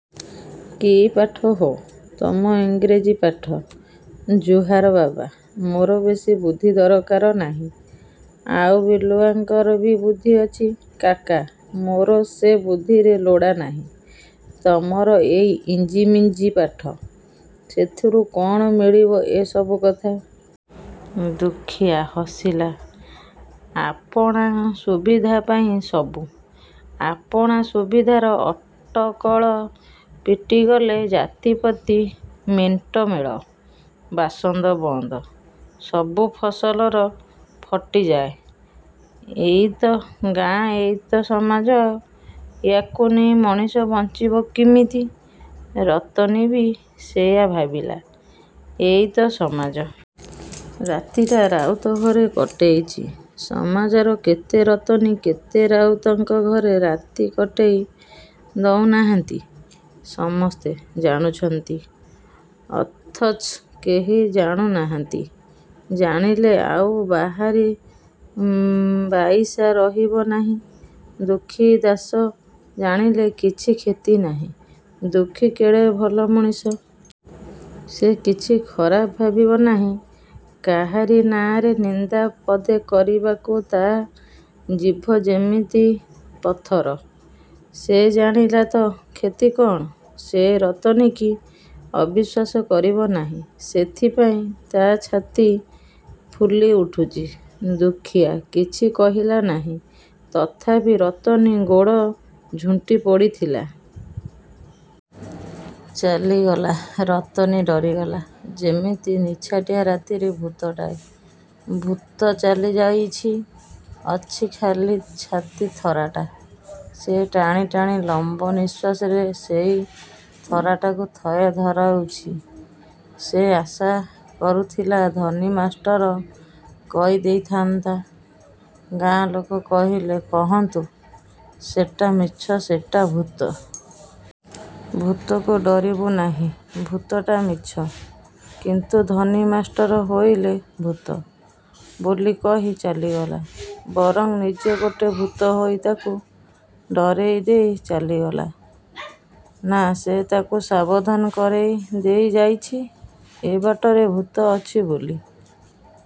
କି ପାଠ ହୋ? ତମ ଇଂରେଜୀ ପାଠ। ଜୁହାର ବାବା। ମୋର ବେଶି ବୁଦ୍ଧିର ଦରକାର ନାହିଁ। କାଉ ବିଲୁଆଙ୍କର ବି ବୁଦ୍ଧି ଅଛି କାକା। ମୋର ସେ ବୁଦ୍ଧିରେ ଲୋଡ଼ା ନାହିଁ। ତମର ଏଇ ଇଞ୍ଜିମିଞ୍ଜି ପାଠ? ସେଥିରୁ କଣ ମିଳିବ ଏ ସବୁ କଥା? ଦୁଃଖୀଆ ହସିଲା। ଆପଣା ସୁବିଧାପାଇଁ ସବୁ। ଆପଣା ସୁବିଧାର ଅଟକଳ ପିଟିଗଲେ ଜାତି ପତି ମେଣ୍ଟ ମେଳ ବାସନ୍ଦ ବନ୍ଦ ସବୁ ଫସଲର ଫଟିଯାଏ। ଏଇ ତ ଗାଁ ଏଇ ତ ସମାଜ। ୟାକୁ ନେଇ ମଣିଷ ବଞ୍ଚିବ କିମିତି? ରତନୀବି ସେଇୟା ଭାବିଲା ଏଇ ତ ସମାଜ। ରାତିଟା ରାଉତ ଘରେ କଟେଇଚି। ସମାଜର କେତେ ରତନୀ କେତେ ରାଉତଙ୍କ ଘରେ ରାତି କଟେଇ ଦଉ ନାହାଁନ୍ତି। ସମସ୍ତେ ଜାଣୁଛନ୍ତି ଅଥଚ କେହି ଜାଣୁ ନାହାଁନ୍ତି। ଜାଣିଲେ ଆଉ ବାହାରି ବାଇଶା ରହିବ ନାହିଁ। ଦୁଃଖୀ ଦାଶ ଜାଣିଲେ କିଛି କ୍ଷତି ନାହିଁ। ଦୁଃଖୀ କେଡ଼େ ଭଲ ମଣିଷ। ସେ କିଛି ଖରାପ ଭାବିବ ନାହିଁ। କାହାରି ନାଆଁରେ ନିନ୍ଦା ପଦେ କରିବାକୁ ତା ଜିଭ ଯେମିତି ପଥର। ସେ ଜାଣିଲା ତ କ୍ଷତି କଣ? ସେ ରତନୀକି ଅବିଶ୍ୱାସ କରିବ ନାହିଁ। ସେଥିପାଇଁ ତା ଛାତି ଫୁଲି ଉଠୁଛି। ଦୁଃଖୀଆ କିଛି କହିଲା ନାହିଁ। ତଥାପି ରତନୀ ଗୋଡ଼ ଝୁଣ୍ଟି ପଡ଼ିଥିଲା। ଚାଲିଗଲା। ରତନୀ ଡରିଗଲା। ଯେମିତି ନିଛାଟିଆ ରାତିରେ ଭୂତଟାଏ। ଭୂତ ଚାଲିଯାଇଛି। ଅଛି ଖାଲି ଛାତି ଥରାଟା। ସେ ଟାଣି ଟାଣି ଲମ୍ବ ନିଃଶ୍ୱାସରେ ସେଇ ଥରାଟାକୁ ଥୟ ଧରଉଚି। ସେ ଆଶା କରୁଥିଲା ଧନୀ ମାଷ୍ଟର କହିଦେଇଥାନ୍ତା ଗାଁ ଲୋକ କହିଲେ କହନ୍ତୁ ସେଟା ମିଛ ସେଟା ଭୂତ। ଭୂତକୁ ଡରିବୁ ନାହିଁ। ଭୂତଟା ମିଛ। କିନ୍ତୁ ଧନୀ ମାଷ୍ଟର ହୋଇଲୋ ଭୂତ ବୋଲି କହି ଚାଲିଗଲା। ବରଂ ନିଜେ ଗୋଟେ ଭୂତ ହୋଇ ତାକୁ ଡରେଇ ଦେଇ ଚାଲିଗଲା ନା ସେ ତାକୁ ସାବଧାନ କରେଇ ଦେଇଯାଇଛି ଏ ବାଟରେ ଭୂତ ଅଛି ବୋଲି।